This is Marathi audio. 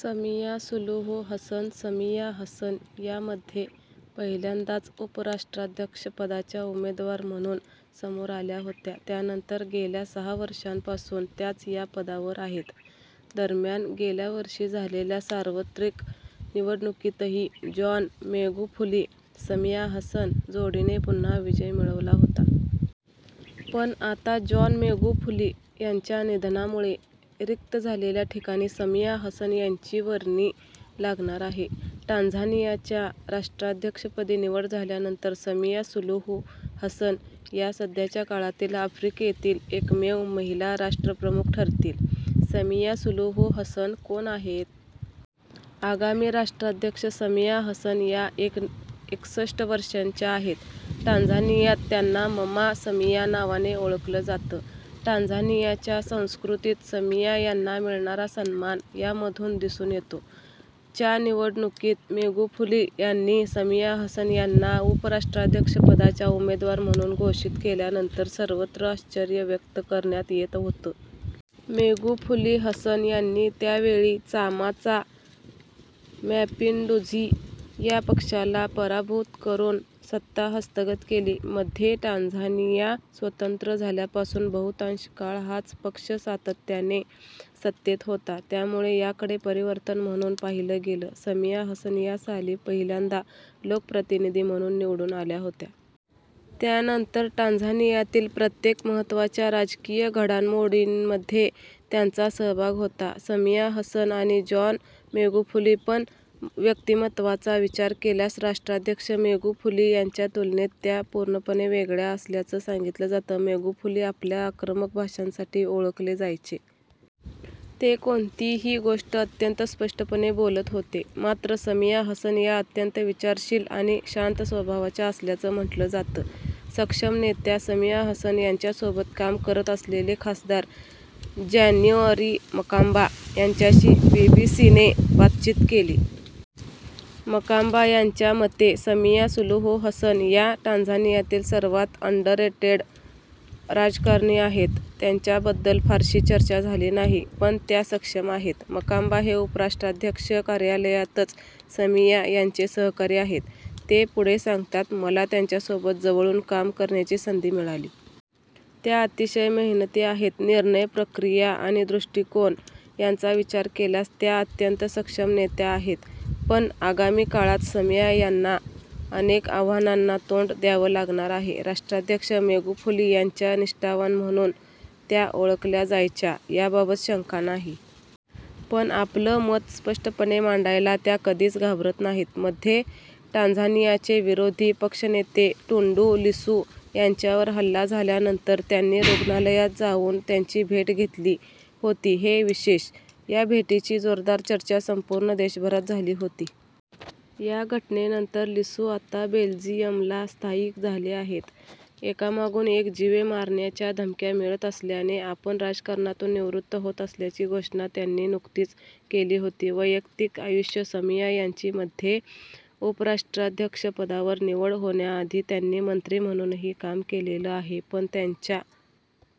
Samia Suluhu Hassan Samia Hassan या मध्ये पहिल्यांदाच उपराष्ट्राध्यक्षपदाच्या उमेदवार म्हणून समोर आल्या होत्या. त्यानंतर गेल्या सहा वर्षांपासून त्याच या पदावर आहेत. दरम्यान, गेल्या वर्षी झालेल्या सार्वत्रिक निवडणुकीतही जॉन मेगुफूली-समिया हसन जोडीने पुन्हा विजय मिळवला होता. पण आता जॉन मेगुफूली यांच्या निधनामुळे रिक्त झालेल्या ठिकाणी समिया हसन यांची वर्णी लागणार आहे. टांझानियाच्या राष्ट्राध्यक्षपदी निवड झाल्यानंतर समिया सुलूहू हसन या सध्याच्या काळातील आफ्रिकेतील एकमेव महिला राष्ट्रप्रमुख ठरतील. समिया सुलूहू हसन कोण आहेत? आगामी राष्ट्राध्यक्ष समिया हसन या एकसष्ठ वर्षांच्या आहेत. टांझानियात त्यांना ममा समिया नावाने ओळखलं जातं. टांझानियाच्या संस्कृतीत समिया यांना मिळणारा सन्मान यामधून दिसून येतो. च्या निवडणुकीत मेगुफूली यांनी समिया हसन यांना उपराष्ट्राध्यक्षपदाच्या उमेदवार म्हणून घोषित केल्यानंतर सर्वत्र आश्चर्य व्यक्त करण्यात येत होतं. मेगुफूली-हसन यांनी त्यावेळी चामा चा मॅपिंडूझी या पक्षाला पराभूत करून सत्ता हस्तगत केली. मध्ये टांझानिया स्वतंत्र झाल्यापासून बहुतांश काळ हाच पक्ष सातत्याने सत्तेत होता, त्यामुळे याकडे परिवर्तन म्हणून पाहिलं गेलं. समिया हसन या साली पहिल्यांदा लोकप्रतिनिधी म्हणून निवडून आल्या होत्या. त्यानंतर टांझानियातील प्रत्येक महत्त्वाच्या राजकीय घडामोडींमध्ये त्यांचा सहभाग होता. समिया हसन आणि जॉन मेगुफूली पण व्यक्तिमत्वाचा विचार केल्यास राष्ट्राध्यक्ष मेगुफूली यांच्या तुलनेत त्या पूर्णपणे वेगळ्या असल्याचं सांगितलं जातं. मेगुफूली आपल्या आक्रमक भाषणांसाठी ओळखले जायचे. ते कोणतीही गोष्ट अत्यंत स्पष्टपणे बोलत होते. मात्र समिया हसन या अत्यंत विचारशील आणि शांत स्वभावाच्या असल्याचं म्हटलं जातं. सक्षम नेत्या समिया हसन यांच्यासोबत काम करत असलेले खासदार जॅन्यूअरी मकांबा यांच्याशी बीबीसीने बातचीत केली. मकांबा यांच्या मते, समिया सुलूहू हसन या टांझानियातील सर्वांत अंडररेटेड राजकारणी आहेत. त्यांच्याबद्दल फारशी चर्चा झाली नाही. पण त्या सक्षम आहेत. मकांबा हे उपराष्ट्राध्यक्ष कार्यालयातच समिया यांचे सहकारी आहेत. ते पुढे सांगतात मला त्यांच्यासोबत जवळून काम करण्याची संधी मिळाली. त्या अतिशय मेहनती आहेत. निर्णय प्रक्रिया आणि दृष्टीकोन यांचा विचार केल्यास त्या अत्यंत सक्षम नेत्या आहेत. पण आगामी काळात समिया यांना अनेक आव्हानांना तोंड द्यावं लागणार आहे. राष्ट्राध्यक्ष मेगुफूली यांच्या निष्ठावान म्हणून त्या ओळखल्या जायच्या याबाबत शंका नाही. पण आपलं मत स्पष्टपणे मांडायला त्या कधीच घाबरत नाहीत. मध्ये टांझानियाचे विरोधी पक्षनेते टुंडू लिसू यांच्यावर हल्ला झाल्यानंतर त्यांनी रुग्णालयात जाऊन त्यांची भेट घेतली होती, हे विशेष. या भेटीची जोरदार चर्चा संपूर्ण देशभरात झाली होती. या घटनेनंतर लिसू आता बेल्जियमला स्थायिक झाले आहेत. एकामागून एक जीवे मारण्याच्या धमक्या मिळत असल्याने आपण राजकारणातून निवृत्त होत असल्याची घोषणा त्यांनी नुकतीच केली होती. वैयक्तिक आयुष्य समिया यांची मध्ये उपराष्ट्राध्यक्षपदावर निवड होण्याआधी त्यांनी मंत्री म्हणूनही काम केलेलं आहे. पण त्यांच्या